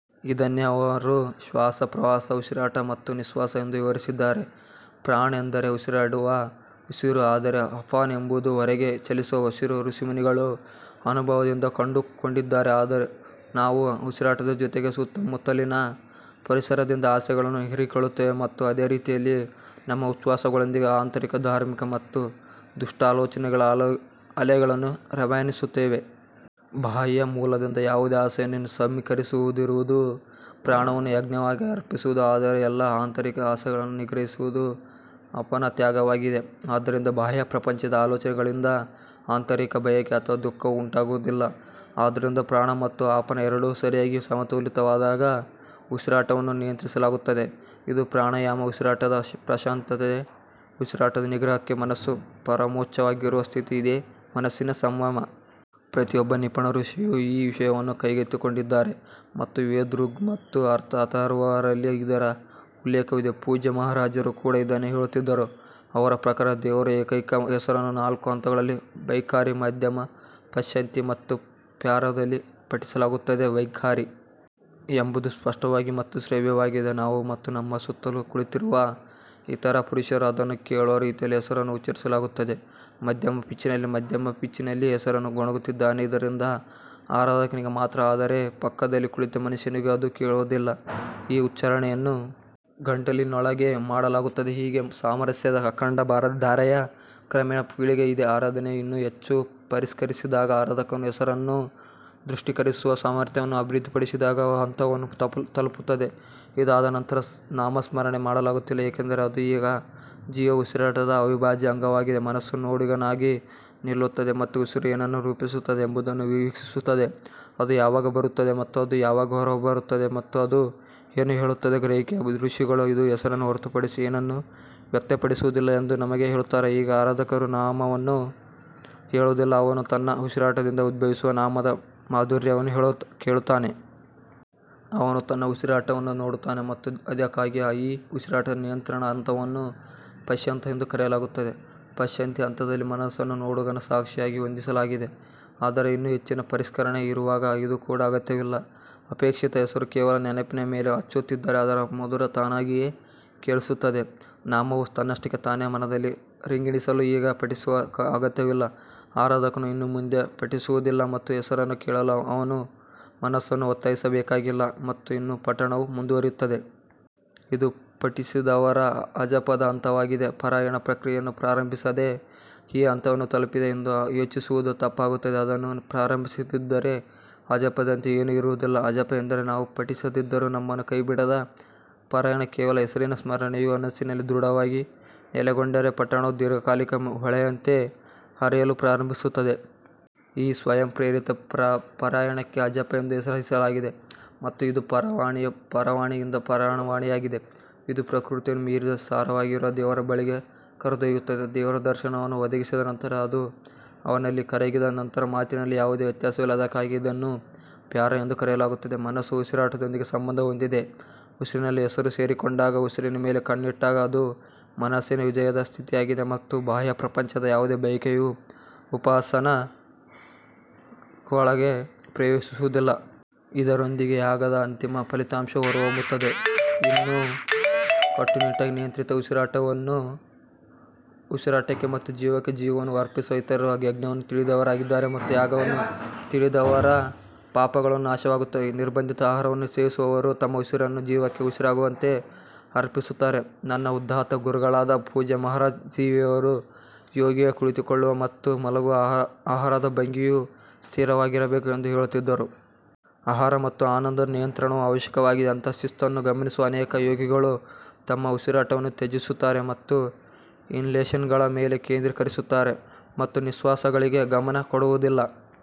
ಇದನ್ನೇ ಅವರು ಶ್ವಾಸ ಪ್ರಶ್ವಾಸ್ ಉಸಿರಾಟ ಮತ್ತು ನಿಶ್ವಾಸ ಎಂದೂ ವಿವರಿಸಿದ್ದಾರೆ ಪ್ರಾಣ್ ಎಂದರೆ ಉಸಿರಾಡುವ ಉಸಿರು ಆದರೆ ಅಪಾನ್ ಎಂಬುದು ಹೊರಗೆ ಚಲಿಸುವ ಉಸಿರು ಋಷಿಮುನಿಗಳು ಅನುಭವದಿಂದ ಕಂಡುಕೊಂಡಿದ್ದಾರೆ, ನಾವು ಉಸಿರಾಟದ ಜೊತೆಗೆ ಸುತ್ತಮುತ್ತಲಿನ ಪರಿಸರದಿಂದ ಆಸೆಗಳನ್ನು ಹೀರಿಕೊಳ್ಳುತ್ತೇವೆ ಮತ್ತು ಅದೇ ರೀತಿಯಲ್ಲಿ ನಮ್ಮ ಉಚ್ಛ್ವಾಸಗಳೊಂದಿಗೆ ಆಂತರಿಕ ಧಾರ್ಮಿಕ ಮತ್ತು ದುಷ್ಟ ಆಲೋಚನೆಗಳ ಅಲೆಗಳನ್ನು ರವಾನಿಸುತ್ತೇವೆ. ಬಾಹ್ಯ ಮೂಲದಿಂದ ಯಾವುದೇ ಆಸೆಯನ್ನು ಸಮೀಕರಿಸದಿರುವುದು ಪ್ರಾಣವನ್ನು ಯಜ್ಞವಾಗಿ ಅರ್ಪಿಸುವುದು ಆದರೆ ಎಲ್ಲಾ ಆಂತರಿಕ ಆಸೆಗಳನ್ನು ನಿಗ್ರಹಿಸುವುದು ಅಪನ ತ್ಯಾಗವಾಗಿದೆ, ಆದ್ದರಿಂದ ಬಾಹ್ಯ ಪ್ರಪಂಚದ ಆಲೋಚನೆಗಳಿಂದ ಆಂತರಿಕ ಬಯಕೆ ಅಥವಾ ದುಃಖವು ಉಂಟಾಗುವುದಿಲ್ಲ. ಆದ್ದರಿಂದ ಪ್ರಾಣ ಮತ್ತು ಅಪನ ಎರಡೂ ಸರಿಯಾಗಿ ಸಮತೋಲಿತವಾದಾಗ ಉಸಿರಾಟವನ್ನು ನಿಯಂತ್ರಿಸಲಾಗುತ್ತದೆ ಇದು ಪ್ರಾಣಾಯಾಮ ಉಸಿರಾಟದ ಪ್ರಶಾಂತತೆ ಉಸಿರಾಟದ ನಿಗ್ರಹಕ್ಕೆ ಮನಸ್ಸು ಪರಮೋಚ್ಚವಾಗಿರುವ ಸ್ಥಿತಿ ಇದೇ ಮನಸ್ಸಿನ ಸಂಯಮ. ಪ್ರತಿಯೊಬ್ಬ ನಿಪುಣ ಋಷಿಯೂ ಈ ವಿಷಯವನ್ನು ಕೈಗೆತ್ತಿಕೊಂಡಿದ್ದಾರೆ ಮತ್ತು ವೇದ ಋಗ್ ಮತ್ತು ಅಥರ್ವ ರಲ್ಲಿ ಇದರ ಉಲ್ಲೇಖವಿದೆ. ಪೂಜ್ಯ ಮಹಾರಾಜರು ಕೂಡ ಇದನ್ನೇ ಹೇಳುತ್ತಿದ್ದರು ಅವರ ಪ್ರಕಾರ ದೇವರ ಏಕೈಕ ಹೆಸರನ್ನು ನಾಲ್ಕು ಹಂತಗಳಲ್ಲಿ ಬೈಖಾರಿ ಮಧ್ಯಮ ಪಶ್ಯಂತಿ ಮತ್ತು ಪ್ಯಾರಾದಲ್ಲಿ ಪಠಿಸಲಾಗುತ್ತದೆ ಬೈಖಾರಿ ಎಂಬುದು ಸ್ಪಷ್ಟವಾಗಿ ಮತ್ತು ಶ್ರವ್ಯವಾಗಿದೆ ನಾವು ಮತ್ತು ನಮ್ಮ ಸುತ್ತಲೂ ಕುಳಿತಿರುವ ಇತರ ಪುರುಷರು ಅದನ್ನು ಕೇಳುವ ರೀತಿಯಲ್ಲಿ ಹೆಸರನ್ನು ಉಚ್ಚರಿಸಲಾಗುತ್ತದೆ ಮಧ್ಯಮ ಪಿಚ್ನಲ್ಲಿ ಮಧ್ಯಮ ಪಿಚ್ನಲ್ಲಿ ಹೆಸರನ್ನು ಗೊಣಗುತ್ತಿದ್ದಾನೆ ಇದರಿಂದ ಆರಾಧಕನಿಗೆ ಮಾತ್ರ ಆದರೆ ಪಕ್ಕದಲ್ಲಿ ಕುಳಿತ ಮನುಷ್ಯನಿಗೂ ಅದು ಕೇಳುವುದಿಲ್ಲ ಈ ಉಚ್ಚಾರಣೆಯನ್ನು ಗಂಟಲಿನೊಳಗೆ ಮಾಡಲಾಗುತ್ತದೆ ಹೀಗೆ ಸಾಮರಸ್ಯದ ಅಖಂಡ ಧಾರೆಯ ಕ್ರಮೇಣ ಪೀಳಿಗೆಯಿದೆ ಆರಾಧನೆಯು ಇನ್ನೂ ಹೆಚ್ಚು ಪರಿಷ್ಕರಿಸಿದಾಗ ಆರಾಧಕನು ಹೆಸರನ್ನು ದೃಶ್ಯೀಕರಿಸುವ ಸಾಮರ್ಥ್ಯವನ್ನು ಅಭಿವೃದ್ಧಿಪಡಿಸಿದಾಗ ಹಂತವನ್ನು ತಲುಪುತ್ತದೆ ಇದಾದ ನಂತರ ನಾಮಸ್ಮರಣೆ ಮಾಡಲಾಗುತ್ತಿಲ್ಲ ಏಕೆಂದರೆ ಅದು ಈಗ ಜೀವ ಉಸಿರಾಟದ ಅವಿಭಾಜ್ಯ ಅಂಗವಾಗಿದೆ ಮನಸ್ಸು ನೋಡುಗನಾಗಿ ನಿಲ್ಲುತ್ತದೆ ಮತ್ತು ಉಸಿರು ಏನನ್ನು ರೂಪಿಸುತ್ತದೆ ಎಂಬುದನ್ನು ವೀಕ್ಷಿಸುತ್ತದೆ ಅದು ಯಾವಾಗ ಬರುತ್ತದೆ ಮತ್ತು ಅದು ಯಾವಾಗ ಹೊರಬರುತ್ತದೆ ಮತ್ತು ಅದು ಏನು ಹೇಳುತ್ತದೆ ಗ್ರಹಿಕೆಯ ಋಷಿಗಳು ಇದು ಹೆಸರನ್ನು ಹೊರತುಪಡಿಸಿ ಏನನ್ನೂ ವ್ಯಕ್ತಪಡಿಸುವುದಿಲ್ಲ ಎಂದು ನಮಗೆ ಹೇಳುತ್ತಾರೆ ಈಗ ಆರಾಧಕನು ನಾಮವನ್ನು ಹೇಳುವುದಿಲ್ಲ, ಅವನು ತನ್ನ ಉಸಿರಾಟದಿಂದ ಉದ್ಭವಿಸುವ ನಾಮದ ಮಾಧುರ್ಯವನ್ನು ಕೇಳುತ್ತಾನೆ. ಅವನು ತನ್ನ ಉಸಿರಾಟವನ್ನು ನೋಡುತ್ತಾನೆ ಮತ್ತು ಅದಕ್ಕಾಗಿಯೇ ಈ ಉಸಿರಾಟದ ನಿಯಂತ್ರಣದ ಹಂತವನ್ನು ಪಶ್ಯಂತಿ ಎಂದು ಕರೆಯಲಾಗುತ್ತದೆ ಪಶ್ಯಂತಿಯ ಹಂತದಲ್ಲಿ ಮನಸ್ಸನ್ನು ನೋಡುಗನ ಸಾಕ್ಷಿಯಾಗಿ ಹೊಂದಿಸಲಾಗಿದೆ ಆದರೆ ಇನ್ನೂ ಹೆಚ್ಚಿನ ಪರಿಷ್ಕರಣೆ ಇರುವಾಗ ಇದು ಕೂಡ ಅಗತ್ಯವಿಲ್ಲ ಅಪೇಕ್ಷಿತ ಹೆಸರು ಕೇವಲ ನೆನಪಿನ ಮೇಲೆ ಅಚ್ಚೊತ್ತಿದರೆ ಅದರ ಮಧುರ ತಾನಾಗಿಯೇ ಕೇಳಿಸುತ್ತದೆ ನಾಮವು ತನ್ನಷ್ಟಕ್ಕೆ ತಾನೆ ಮನದಲ್ಲಿ ರಿಂಗಣಿಸಲು ಈಗ ಪಠಿಸುವ ಅಗತ್ಯವಿಲ್ಲ ಆರಾಧಕನು ಇನ್ನು ಮುಂದೆ ಪಠಿಸುವುದಿಲ್ಲ ಮತ್ತು ಹೆಸರನ್ನು ಕೇಳಲು ಅವನು ಮನಸ್ಸನ್ನು ಒತ್ತಾಯಿಸಬೇಕಾಗಿಲ್ಲ ಮತ್ತು ಇನ್ನೂ ಪಠಣವು ಮುಂದುವರಿಯುತ್ತದೆ. ಇದು ಪಠಿಸದವರ ಅಜಪದ ಹಂತವಾಗಿದೆ ಪಾರಾಯಣ ಪ್ರಕ್ರಿಯೆಯನ್ನು ಪ್ರಾರಂಭಿಸದೆ ಈ ಹಂತವನ್ನು ತಲುಪಿದೆ ಎಂದು ಯೋಚಿಸುವುದು ತಪ್ಪಾಗುತ್ತದೆ ಅದನ್ನು ಪ್ರಾರಂಭಿಸದಿದ್ದರೆ ಅಜಪದಂತೆ ಏನೂ ಇರುವುದಿಲ್ಲ ಅಜಪ ಎಂದರೆ ನಾವು ಪಠಿಸದಿದ್ದರೂ ನಮ್ಮನ್ನು ಕೈಬಿಡದ ಪಾರಾಯಣ ಕೇವಲ ಹೆಸರಿನ ಸ್ಮರಣೆಯು ಮನಸ್ಸಿನಲ್ಲಿ ದೃಢವಾಗಿ ನೆಲೆಗೊಂಡರೆ, ಪಠಣವು ದೀರ್ಘಕಾಲಿಕ ಹೊಳೆಯಂತೆ ಹರಿಯಲು ಪ್ರಾರಂಭಿಸುತ್ತದೆ. ಈ ಸ್ವಯಂಪ್ರೇರಿತ ಪಾರಾಯಣಕ್ಕೆ ಅಜಪ ಎಂದು ಹೆಸರಿಸಲಾಗಿದೆ ಮತ್ತು ಇದು ಪಾರವಾಣಿಯ ಪಾರವಣಿಯಿಂದ ಪಾರಾಯಣವಾಗಿದೆ. ಇದು ಪ್ರಕೃತಿಯನ್ನು ಮೀರಿದ ಸಾರವಾಗಿರುವ ದೇವರ ಬಳಿಗೆ ಕರೆದೊಯ್ಯುತ್ತದೆ ದೇವರ ದರ್ಶನವನ್ನು ಒದಗಿಸಿದ ನಂತರ ಅದು ಅವನಲ್ಲಿ ಕರಗಿದ ನಂತರ ಮಾತಿನಲ್ಲಿ ಯಾವುದೇ ವ್ಯತ್ಯಾಸವಿಲ್ಲ ಅದಕ್ಕಾಗಿಯೇ ಇದನ್ನು ಪ್ಯಾರಾ ಎಂದು ಕರೆಯಲಾಗುತ್ತದೆ ಮನಸ್ಸು ಉಸಿರಾಟದೊಂದಿಗೆ ಸಂಬಂಧ ಹೊಂದಿದೆ ಉಸಿರಿನಲ್ಲಿ ಹೆಸರು ಸೇರಿಕೊಂಡಾಗ ಉಸಿರಿನ ಮೇಲೆ ಕಣ್ಣಿಟ್ಟಾಗ ಅದು ಮನಸ್ಸಿನ ವಿಜಯದ ಸ್ಥಿತಿಯಾಗಿದೆ ಮತ್ತು ಬಾಹ್ಯ ಪ್ರಪಂಚದ ಯಾವುದೇ ಬಯಕೆಯು ಉಪಾಸಕನೊಳಗೆ ಪ್ರವೇಶಿಸುವುದಿಲ್ಲ. ಇದರೊಂದಿಗೆ ಯಾಗದ ಅಂತಿಮ ಫಲಿತಾಂಶವು ಹೊರಹೊಮ್ಮುತ್ತದೆ ಇನ್ನೂ ಕಟ್ಟುನಿಟ್ಟಾಗಿ ನಿಯಂತ್ರಿತ ಉಸಿರಾಟವನ್ನು ಸೇವಿಸುವ ಮತ್ತು ತಮ್ಮ ಉಸಿರಾಟವನ್ನು ಉಸಿರಾಟಕ್ಕೆ ಮತ್ತು ಜೀವಕ್ಕೆ ಜೀವವನ್ನು ಅರ್ಪಿಸುವ ಇತರರು ಯಜ್ಞವನ್ನು ತಿಳಿದವರಾಗಿದ್ದಾರೆ ಮತ್ತು ಯಾಗವನ್ನು ತಿಳಿದವರೆಲ್ಲರ ಪಾಪಗಳು ನಾಶವಾಗುತ್ತವೆ. ನಿರ್ಬಂಧಿತ ಆಹಾರವನ್ನು ಸೇವಿಸುವವರು ತಮ್ಮ ಉಸಿರನ್ನು ಜೀವಕ್ಕೆ ಉಸಿರಾಗುವಂತೆ ಅರ್ಪಿಸುತ್ತಾರೆ ನನ್ನ ಉದಾತ್ತ ಗುರುಗಳಾದ ಪೂಜ್ಯ ಮಹಾರಾಜ್ ಜೀಯವರು ಯೋಗಿಯ ಕುಳಿತುಕೊಳ್ಳುವ ಮತ್ತು ಮಲಗುವ ಆಹಾರದ ಭಂಗಿಯು ಸ್ಥಿರವಾಗಿರಬೇಕು ಎಂದು ಹೇಳುತ್ತಿದ್ದರು. ಆಹಾರ ಮತ್ತು ಆನಂದದ ನಿಯಂತ್ರಣವು ಅವಶ್ಯಕವಾಗಿದೆ ಅಂತಹ ಶಿಸ್ತನ್ನು ಗಮನಿಸುವ ಅನೇಕ ಯೋಗಿಗಳು ತಮ್ಮ ಉಸಿರಾಟವನ್ನು ತ್ಯಜಿಸುತ್ತಾರೆ ಮತ್ತು ಇನ್ಹಲೇಷನ್ಗಳ ಮೇಲೆ ಕೇಂದ್ರೀಕರಿಸುತ್ತಾರೆ ಮತ್ತು ನಿಶ್ವಾಸಗಳಿಗೆ ಗಮನ ಕೊಡುವುದಿಲ್ಲ.